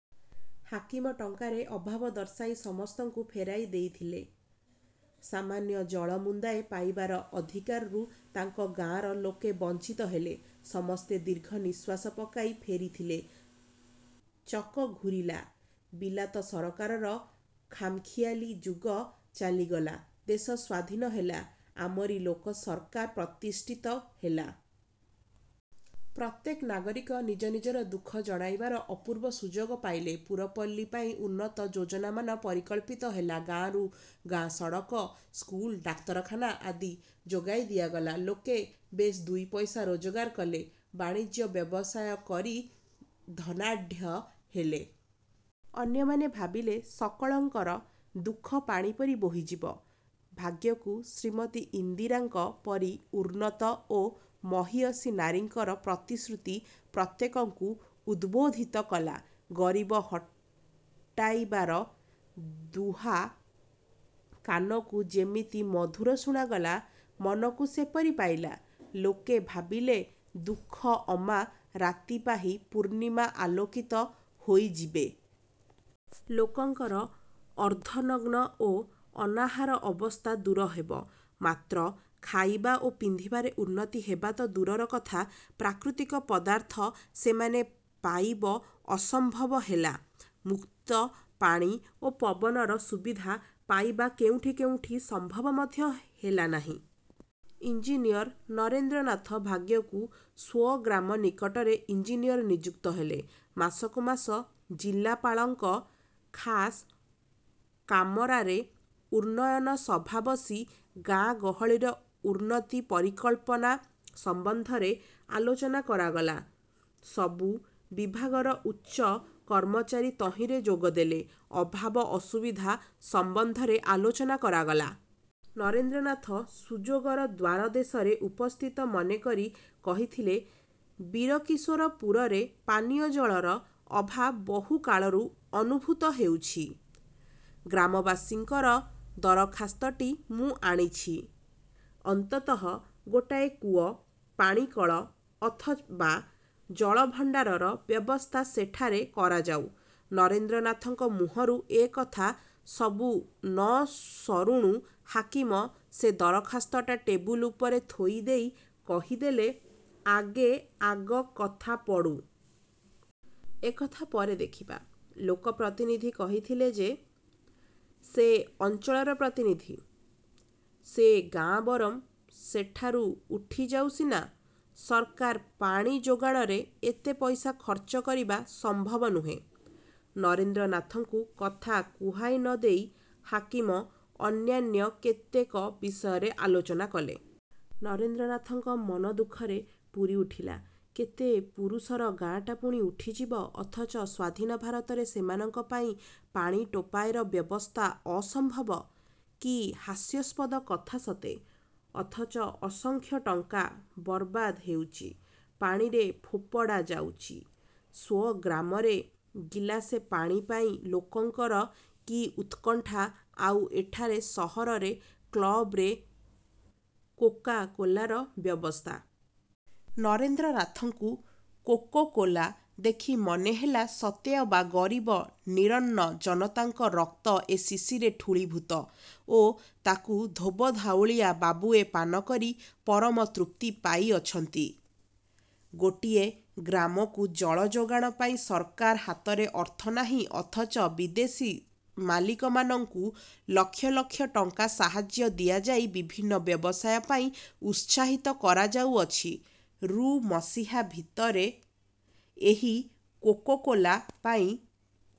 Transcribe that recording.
ହାକିମ ଟଙ୍କାର ଅଭାବ ଦର୍ଶାଇ ସମସ୍ତଙ୍କୁ ଫେରାଇ ଦେଇଥିଲେ-। ସାମାନ୍ୟ ଜଳ ମୁନ୍ଦିଏ ପାଇବାର ଅଧିକାରରୁ ତାଙ୍କ ଗାଁର ଲୋକେ ବଂଚିତ ହେଲେ-। ସମସ୍ତେ ଦୀର୍ଘ ନିଶ୍ୱାସ ପକାଇ ଫେରିଥିଲେ। ଚକ ଘୂରିଲା। ବିଲାତ ସରକାରରର ଖାମଖିଆଲି ଯୁଗ ଚାଲିଗଲା। ଦେଶ ସ୍ୱାଧିନ ହେଲା। ଆମରି ଲୋକସରକାର ପ୍ରତିଷ୍ଠିତ ହେଲା। ପ୍ରତ୍ୟେକ ନାଗରିକ ନିଜ ନିଜର ଦୁଃଖ ଜଣାଇବାର ଅପୂର୍ବ ସୁଯୋଗ ପାଇଲେ। ପୁରପଲ୍ଲୀ ପାଇଁ ଉନ୍ନତ ଯୋଜନା ମାନ ପରିକଳ୍ପିତ ହେଲା। ଗାଁକୁ ଗାଁ ସଡ଼କ, ସ୍କୁଲ, ଡାକ୍ତରଖାନା ଆଦି ଯୋଗାଇ ଦିଆଗଲା। ଲୋକେ ବେଶ୍ ଦୁଇ ପଇସା ରୋଜଗାର କଲେ। ବାଣିଜ୍ୟ ବ୍ୟବସାୟ କରି ଧନାଢ଼୍ୟ ହେଲେ। ଅନ୍ୟମାନେ ଭାବିଲେ ସକଳଙ୍କର ଦୁଃଖ ପାଣିପରି ବୋହିଯିବ। ଭାଗ୍ୟକୁ ଶ୍ରୀମତୀ ଇନ୍ଦିରାଙ୍କ ପରି ଉନ୍ନତ ଓ ମହିୟସୀ ନାରୀଙ୍କର ପ୍ରତିଶ୍ରୁତି ପ୍ରତ୍ୟେକଙ୍କୁ ଉଦ୍ବୋଧିତ କଲା। 'ଗରିବ-ହଟାଇବାର' ଦୁହା କାନକୁ ଯେମିତି ମଧୁର ଶୁଣାଗଲା, ମନକୁ ସେପରି ପାଇଲା। ଲୋକେ ଭାବିଲେ ଦୁଃଖ ଅମା ରାତି ପାହି ପୂର୍ଣ୍ଣିମା ଆଲୋକିତ ହୋଇଯିବେ। ଲୋକଙ୍କର ଅର୍ଦ୍ଧନଗ୍ନ ଓ ଅନାହାର ଅବସ୍ଥା ଦୂର ହେବ। ମାତ୍ର ଖାଇବା ଓ ପିନ୍ଧିବାରେ ଉନ୍ନତି ହେବା ତ ଦୂରର କଥା ପ୍ରାକୃତିକ ପଦାର୍ଥ ସେମାନେ ପାଇବ ଅସମ୍ଭବ ହେଲା। ମୁକ୍ତ ପାଣି ଓ ପବନର ସୁବିଧା ପାଇବା କେଉଁଠି କେଉଁଠି ସମ୍ଭବ ମଧ୍ୟ ହେଲାନାହିଁ। ଇଞ୍ଜିନିୟର ନରେନ୍ଦ୍ରନାଥ ଭାଗ୍ୟକୁ ସ୍ୱ-ଗ୍ରାମ ନିକଟରେ ଇଞ୍ଜିନିୟର ନିଯୁକ୍ତ ହେଲେ। ମାସକୁ ମାସ ଜିଲ୍ଲାପାଳଙ୍କ ଖାସ କାମରାରେ ଉନ୍ନୟନ ସଭା ବସି ଗାଁ ଗହଳିର ଉନ୍ନତି ପରିକଳ୍ପନା ସମ୍ୱନ୍ଧରେ ଆଲୋଚନା କରାଗଲା। ସବୁ ବିଭାଗର ଉଚ୍ଚ କର୍ମଚାରୀ ତହିଁରେ ଯୋଗ ଦେଲେ। ଅଭାବ ଅସୁବିଧା ସମ୍ବନ୍ଧରେ ଆଲୋଚନା କରାଗଲା। ନରେନ୍ଦ୍ରନାଥ ସୁଯୋଗର ଦ୍ୱାର ଦେଶରେ ଉପସ୍ଥିତ ମନେକରି କହିଥିଲେ-ବୀରକିଶୋର ପୁରରେ ପାନୀୟ ଜଳର ଅଭାବ ବହୁ କାଳରୁ ଅନୁଭୂତ ହେଉଛି। ଗ୍ରାମବାସୀଙ୍କର ଦରଖାସ୍ତଟି ମୁଁ ଆଣିଚି। ଅନ୍ତତଃ ଗୋଟାଏ କୂଅ, ପାଣିକଳ ଅଥବା ଜଳଭଣ୍ତାରର ବ୍ୟବସ୍ଥା ସେଠାରେ କରାଯାଉ। ନରେନ୍ଦ୍ରନାଥଙ୍କ ମୁହଁରୁ ଏ କଥା ସବୁ ନ ସରୁଣୁ ହାକିମ ସେ ଦରଖାସ୍ତଟା ଟେବୁଲ ଉପରେ ଥୋଇ ଦେଇ କହିଦେଲେ-ଆଗେ ଆଗ କଥା ପଡ଼ୁ। ଏକଥା ପରେ ଦେଖିବା। ଲୋକପ୍ରତିନିଧି କହିଥିଲେ ଯେ, ସେ ଅଞ୍ଚଳର ପ୍ରତିନିଧି। ସେ ଗାଁ ବରଂ ସେଠାରୁ ଉଠିଯାଉ ସିନା, ସରକାର ପାଣି ଯୋଗାଣରେ ଏତେ ପଇସା ଖର୍ଚ୍ଚ କରିବା ସମ୍ଭବ ନୁହେଁ। ନରେନ୍ଦ୍ରନାଥଙ୍କୁ କଥା କୁହାଇ ନ ଦେଇ ହାକିମ ଅନ୍ୟାନ୍ୟ କେତେକ ବିଷୟରେ ଆଲୋଚନା କଲେ। ନରେନ୍ଦ୍ରନାଥଙ୍କ ମନ ଦୁଃଖରେ ପୂରି ଉଠିଲା। କେତେ ପୁରୁଷର ଗାଁଟା ପୁଣି ଉଠିଯିବ; ଅଥଚ ସ୍ୱାଧୀନ ଭାରତରେ ସେମାନଙ୍କ ପାଇଁ ପାଣି ଟୋପାଏର ବ୍ୟବସ୍ଥା ଅସମ୍ଭବ? କି ହାସ୍ୟାସ୍ପଦ କଥା ସତେ! ଅଥଚ ଅସଂଖ୍ୟ ଟଙ୍କା ବରବାଦ ହେଉଚି। ପାଣିରେ ଫୋପଡ଼ା ଯାଉଚି-। ସ୍ୱ-ଗ୍ରାମରେ ଗିଲାସେ ପାଣି ପାଇଁ ଲୋକଙ୍କର କି ଉତ୍କଣ୍ଠା ଆଉ ଏଠାରେ ସହରର କ୍ଳବରେ କୋକୋ-କୋଲାର ବ୍ୟବସ୍ଥା। ନରେନ୍ଦ୍ରନାଥଙ୍କୁ କୋକୋ-କୋଲା ଦେଖି ମନେ ହେଲା ସତେ ଅବା ଗରିବ ନିରନ୍ନ ଜନତାଙ୍କ ରକ୍ତ ଏ ଶିଶିରେ ଠୁଳୀଭୂତ ଓ ତାକୁ ଧୋବଧାଉଳିଆ ବାବୁଏ ପାନ କରି ପରମ ତୃପ୍ତି ପାଇଅଛନ୍ତି। ଗୋଟିଏ ଗ୍ରାମକୁ ଜଳଯୋଗାଣ ପାଇଁ ସରକାର ହାତରେ ଅର୍ଥ ନାହିଁ ଅଥଚ ବିଦେଶୀ ମାଲିକମାନଙ୍କୁ ଲକ୍ଷ ଲକ୍ଷ ଟଙ୍କା ସାହାର୍ଯ୍ୟ ଦିଆଯାଇ ବିଭିନ୍ନ ବ୍ୟବସାୟ ପାଇଁ ଉତ୍ସାହିତ କରାଯାଉଅଛି। ରୁ ମସିହା ଭିତରେ ଏହି କୋକୋ-କୋଲା ପାଇଁ